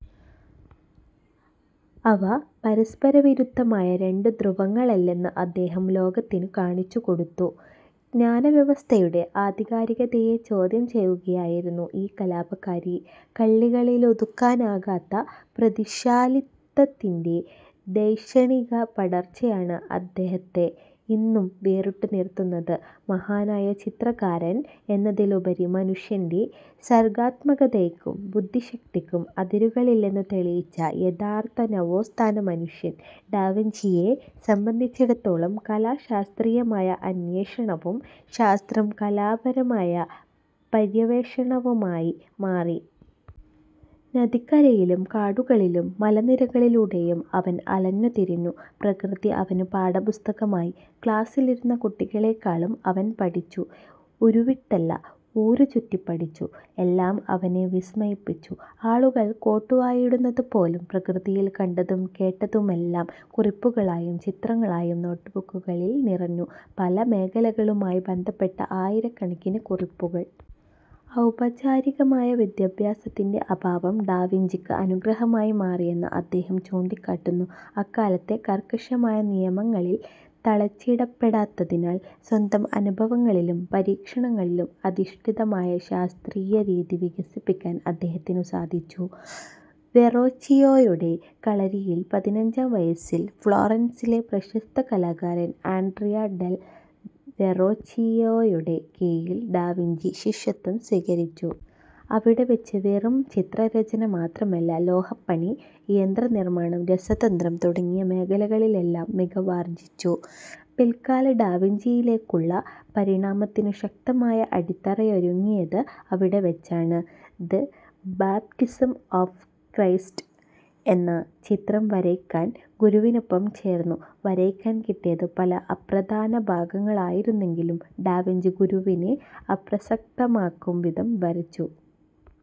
അവ പരസ്പരവിരുദ്ധമായ രണ്ടു ധ്രുവങ്ങളല്ലെന്നു അദ്ദേഹം ലോകത്തിനു കാണിച്ചുകൊടുത്തു. ജ്ഞാനവ്യവസ്ഥയുടെ ആധികാരികതയെ ചോദ്യം ചെയ്യുകയായിരുന്നു ഈ കലാപകാരി. കള്ളികളിലൊതുക്കാനാകാത്ത പ്രതിഭാശാലിത്വത്തിന്റെ ധൈഷണികപടർച്ചയാണ് അദ്ദേഹത്തെ ഇന്നും വേറിട്ടുനിർത്തുന്നത്. മഹാനായ ചിത്രകാരൻ എന്നതിലുപരി, മനുഷ്യന്റെ സർഗാത്മകതയ്ക്കും ബുദ്ധിശക്തിക്കും അതിരുകളില്ലെന്നു തെളിയിച്ച യഥാർഥ നവോത്ഥാന മനുഷ്യൻ. ഡാവിഞ്ചിയെ സംബന്ധിച്ചിടത്തോളം കല ശാസ്ത്രീയമായ അന്വേഷണവും ശാസ്ത്രം കലാപരമായ പര്യവേഷണവുമായി മാറി. നദിക്കരയിലും കാടുകളിലും മലനിരകളിലൂടെയും അവൻ അലഞ്ഞുതിരിഞ്ഞു. പ്രകൃതി അവനു പാഠപുസ്തകമായി. ക്ലാസിലിരുന്ന കുട്ടികളേക്കാളും അവൻ പഠിച്ചു. ഉരുവിട്ടല്ല, ഊരുചുറ്റി പഠിച്ചു. എല്ലാം അവനെ വിസ്മയിപ്പിച്ചു; ആളുകൾ കോട്ടുവായിടുന്നതു പോലും. പ്രകൃതിയിൽ കണ്ടതും കേട്ടതുമെല്ലാം കുറിപ്പുകളായും ചിത്രങ്ങളായും നോട്ട്ബുക്കുകളിൽ നിറഞ്ഞു. പല മേഖലകളുമായി ബന്ധപ്പെട്ട ആയിരക്കണക്കിനു കുറിപ്പുകൾ. ഔപചാരികമായ വിദ്യാഭ്യാസത്തിന്റെ അഭാവം ഡാവിഞ്ചിക്ക് അനുഗ്രഹമായി മാറിയെന്ന് അദ്ദേഹം ചൂണ്ടിക്കാട്ടുന്നു. അക്കാലത്തെ കർക്കശമായ നിയമങ്ങളിൽ തളച്ചിടപ്പെടാത്തതിനാൽ, സ്വന്തം അനുഭവങ്ങളിലും പരീക്ഷണങ്ങളിലും അധിഷ്ഠിതമായ ശാസ്ത്രീയ രീതി വികസിപ്പിക്കാൻ അദ്ദേഹത്തിനു സാധിച്ചു. വെറോച്ചിയോയുടെ കളരിയിൽ പതിനഞ്ചാം വയസ്സിൽ ഫ്ലോറൻസിലെ പ്രശസ്ത കലാകാരൻ ആൻഡ്രിയ ഡെൽ വെറോച്ചിയോയുടെ കീഴിൽ ഡാവിഞ്ചി ശിഷ്യത്വം സ്വീകരിച്ചു. അവിടെ വച്ച് വെറും ചിത്രരചന മാത്രമല്ല, ലോഹപ്പണി, യന്ത്രനിർമാണം, രസതന്ത്രം തുടങ്ങിയ മേഖലകളിലെല്ലാം മികവാർജിച്ചു. പിൽക്കാല ഡാവിഞ്ചിയിലേക്കുള്ള പരിണാമത്തിനു ശക്തമായ അടിത്തറയൊരുങ്ങിയത് അവിടെ വച്ചാണ്. 'ദ് ബാപ്റ്റിസം ഓഫ് ക്രൈസ്റ്റ്' എന്ന ചിത്രം വരയ്ക്കാൻ ഗുരുവിനൊപ്പം ചേർന്നു. വരയ്ക്കാൻ കിട്ടിയതു ചില അപ്രധാന ഭാഗങ്ങളായിരുന്നെങ്കിലും ഡാവിഞ്ചി ഗുരുവിനെ അപ്രസക്തമാക്കും വിധം വരച്ചു.